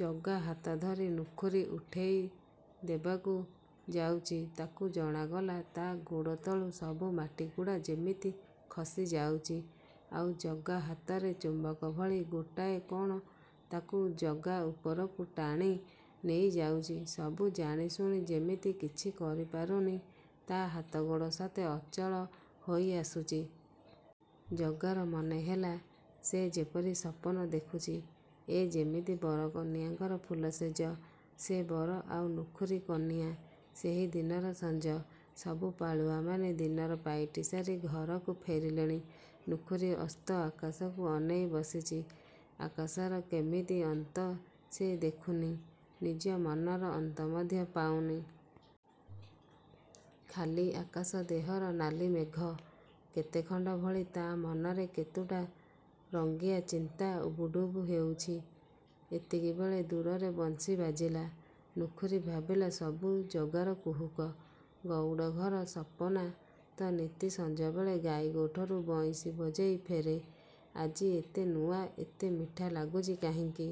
ଜଗା ହାତ ଧରି ନୁଖୁରୀ ଉଠେଇ ଦେବାକୁ ଯାଉଚି, ତାକୁ ଜଣାଗଲା, ତା' ଗୋଡ଼ ତଳୁ ସବୁ ମାଟି ଗୁଡ଼ା ଯେମିତି ଖସି ଯାଉଚି–ଆଉ ଜଗା ହାତରେ ଚୁମ୍ବକ ଭଳି ଗୋଟାଏ କଣ ତାକୁ ଜଗା ଉପରକୁ ଟାଣି ନେଇ ଯାଉଚି। ସବୁ ଜାଣିଶୁଣି ଯେମିତି କିଛି କରିପାରୁନି–ତା' ହାତଗୋଡ଼ ସତେ ଅଚଳ ହୋଇଆସୁଚି। ଜଗାର ମନେ ହେଲା, ସେ ଯେପରି ସପନ ଦେଖୁଚି ଏ ଯେମିତି ବରକନ୍ୟାଙ୍କର ଫୁଲଶେଯ, ସେ ବର, ଆଉ ନୁଖୁରୀ କନିଆ। ସେହି ଦିନର ସଞ୍ଜ। ସବୁ ପାଳୁଆମାନେ ଦିନର ପାଇଟି ସାରି ଘରକୁ ଫେରିଲେଣି, ନୁଖୁରୀ ଅସ୍ତ ଆକାଶକୁ ଅନେଇ ବସିଚି। ଆକାଶର କେମିତି ଅନ୍ତ ସେ ଦେଖୁନି, ନିଜ ମନର ଅନ୍ତ ମଧ୍ୟ ପାଉନି। ଖାଲି ଆକାଶ ଦେହର ନାଲି ମେଘ କେତେଖଣ୍ଡ ଭଳି ତା' ମନରେ କେତୁଟା ରଙ୍ଗିଆ ଚିନ୍ତା ଉବୁଡ଼ୁବୁ ହେଉଚି। ଏତିକିବେଳେ ଦୂରରେ ବଂଶୀ ବାଜିଲା। ନୁଖୁରୀ ଭାବିଲା ସବୁ ଜଗାର କୁହୁକ। ଗଉଡ଼ଘର ସପନା ତ ନିତି ସଞ୍ଜବେଳେ ଗାଈଗୋଠରୁ ବଇଁଶୀ ବଜେଇ ଫେରେ-! ଆଜି ଏତେ ନୂଆ, ଏତେ ମିଠା ଲାଗୁଚି କାହିଁକି!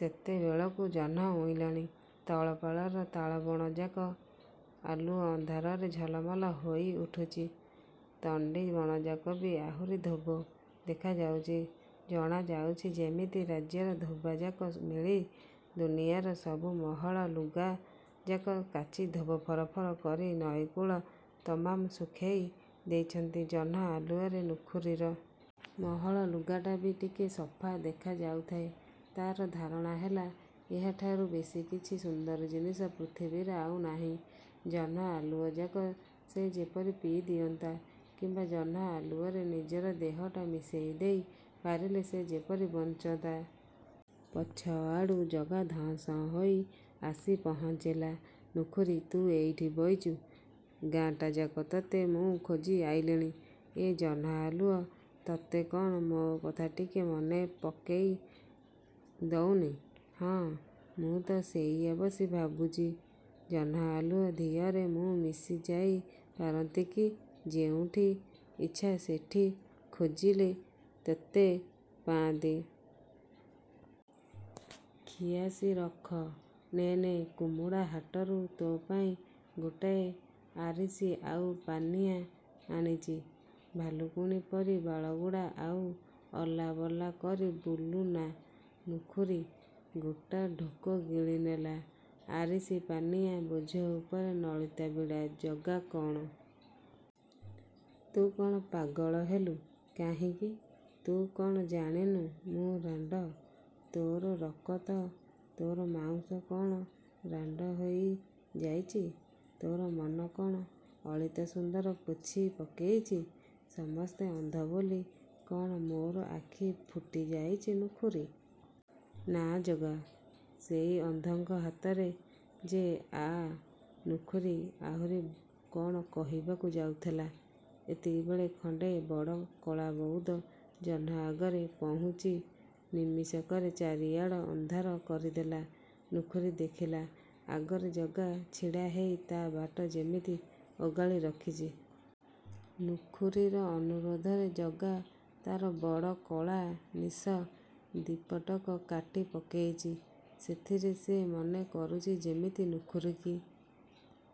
ସେତେବେଳକୁ ଜହ୍ନ ଉଇଁଲାଣି। ତଳ ପାଳର ତାଳବଣଯାକ ଆଲୁଅ ଅନ୍ଧାରରେ ଝଲମଲ ହୋଇଉଠିଚି। ତଣ୍ଡି ବଣଯାକ ବି ଆହୁରି ଧୋବ ଦେଖାଯାଉଚି,–ଜଣାଯାଉଚି, ଯେମିତି ରାଜ୍ୟର ଧୋବାଯାକ ମିଳି ଦୁନିଆର ସବୁ ମହଳ ଲୁଗାଯାକ କାଚି ଧୋବ ଫରଫର କରି ନଈକୂଳ ତମାମ୍ ଶୁଖେଇ ଦେଇଚନ୍ତି। ଜହ୍ନ ଆଲୁଅରେ ନୁଖୁରୀର। ମହଳ ଲୁଗାଟା ବି ଟିକେ ସଫା ଦେଖାଯାଉଥାଏ। ତାର ଧାରଣା ହେଲା, ଏହାଠାରୁ ବେଶି କିଛି ସୁନ୍ଦର ଜିନିଷ ପୃଥିବୀରେ ଆଉ ନାହିଁ। –ଜହ୍ନ ଆଲୁଅଯାକ ସେ ଯେପରି ପିଇ ଦିଅନ୍ତା କିମ୍ଵା ଜହ୍ନ ଆଲୁଅରେ ନିଜର ଦେହଟା ମିଶେଇ ଦେଇ ପାରିଲେ ସେ ଯେପରି ବଞ୍ଚନ୍ତା। ପଛଆଡ଼ୁ ଜଗା ଧଁ–ସଅଁ ହୋଇ ଆସି ପହଞ୍ଚିଲା। –ନୁଖୁରୀ, ତୁ ଏଇଠି ବଇଚୁ, ଗାଁଟାଯାକ ତତେ ମୁଁ ଖୋଜି ଆଇଲିଣି। ଏ ଜହ୍ନ ଆଲୁଅ ତତେ କଣ ମୋ କଥା ଟିକେ ମନେ ପକେଇ ଦଉନି? –ହଁ, ମୁଁ ତ ସେଇଆ ବସି ଭାବୁଚି। ଜହ୍ନ ଆଲୁଅ ଦିହରେ ମୁଁ ମିଶିଯାଇ ପାରନ୍ତି କି ଯେଉଠି ଇଚ୍ଛା ସେଠି ଖୋଜିଲେ ତତେ ପାଆନ୍ତି। –ଖିଆସି ରଖ। ନେ, ନେ–କୁମୁଡ଼ା ହାଟରୁ ତୋ ପେଇଁ ଗୋଟାଏ ଆରିସି ଆଉ ପାନିଆ ଆଣିଚି। ଭାଲୁକୁଣୀ ପରି ବାଳଗୁଡ଼ା ଆଉ ଅଲା ବଲା କରି ବୁଲୁ ନା। ନୁଖୁରୀ ଗୋଟା ଢୋକ ଗିଳି ନେଲା। ଆରିସି–ପାନିଆଁ! –ବୋଝ ଉପରେ ନଳିତା ବିଡ଼ା। –ଜଗା? –କଣ? –ତୁ କଣ ପାଗଳ ହେଲୁ? –କାହିଁକି? –ତୁ କଣ ଜାଣିନୁ ମୁଁ ରାଣ୍ଡ? –ତୋର ରକତ, ତୋର ମାଉଁସ କଣ ରାଣ୍ଡ ହୋଇ ଯାଇଚି? ତୋର ମନ କଣ ଅଳିତା ସୁନ୍ଦର ପୋଛି ପକେଇଛି? ସମସ୍ତେ ଅନ୍ଧ ବୋଲି କଣ ମୋର ଆଖି ଫୁଟିଯାଇଚି ନୁଖୁରୀ? –ନା ଜଗା, ସେଇ ଅନ୍ଧଙ୍କ ହାତରେ ଯେ ଆ– ନୁଖୁରୀ ଆହୁରି କଣ କହିବାକୁ ଯାଉଥିଲା, ଏତିକିବେଳେ ଖଣ୍ଡେ ବଡ଼ କଳା ବଉଦ ଜହ୍ନ ଆଗରେ ପହୁଞ୍ଚି ନିମିଷକରେ ଚାରିଆଡ଼ ଅନ୍ଧକାର କରିଦେଲା। ନୁଖୁରୀ ଦେଖିଲା, ଆଗରେ ଜଗା ଛିଡ଼ା ହେଇ ତା ବାଟ ଯେମିତି ଓଗାଳି ରଖିଛି। ନୁଖୁରୀର ଅନୁରୋଧରେ ଜଗା ତାର ବଡ଼ କଳା ନିଶ ଦିପଟକ କାଟି ପକେଇଚି। ସେଥିରେ ସେ ମନେ କରୁଚି ଯେମିତି ନୁଖୁରୀକି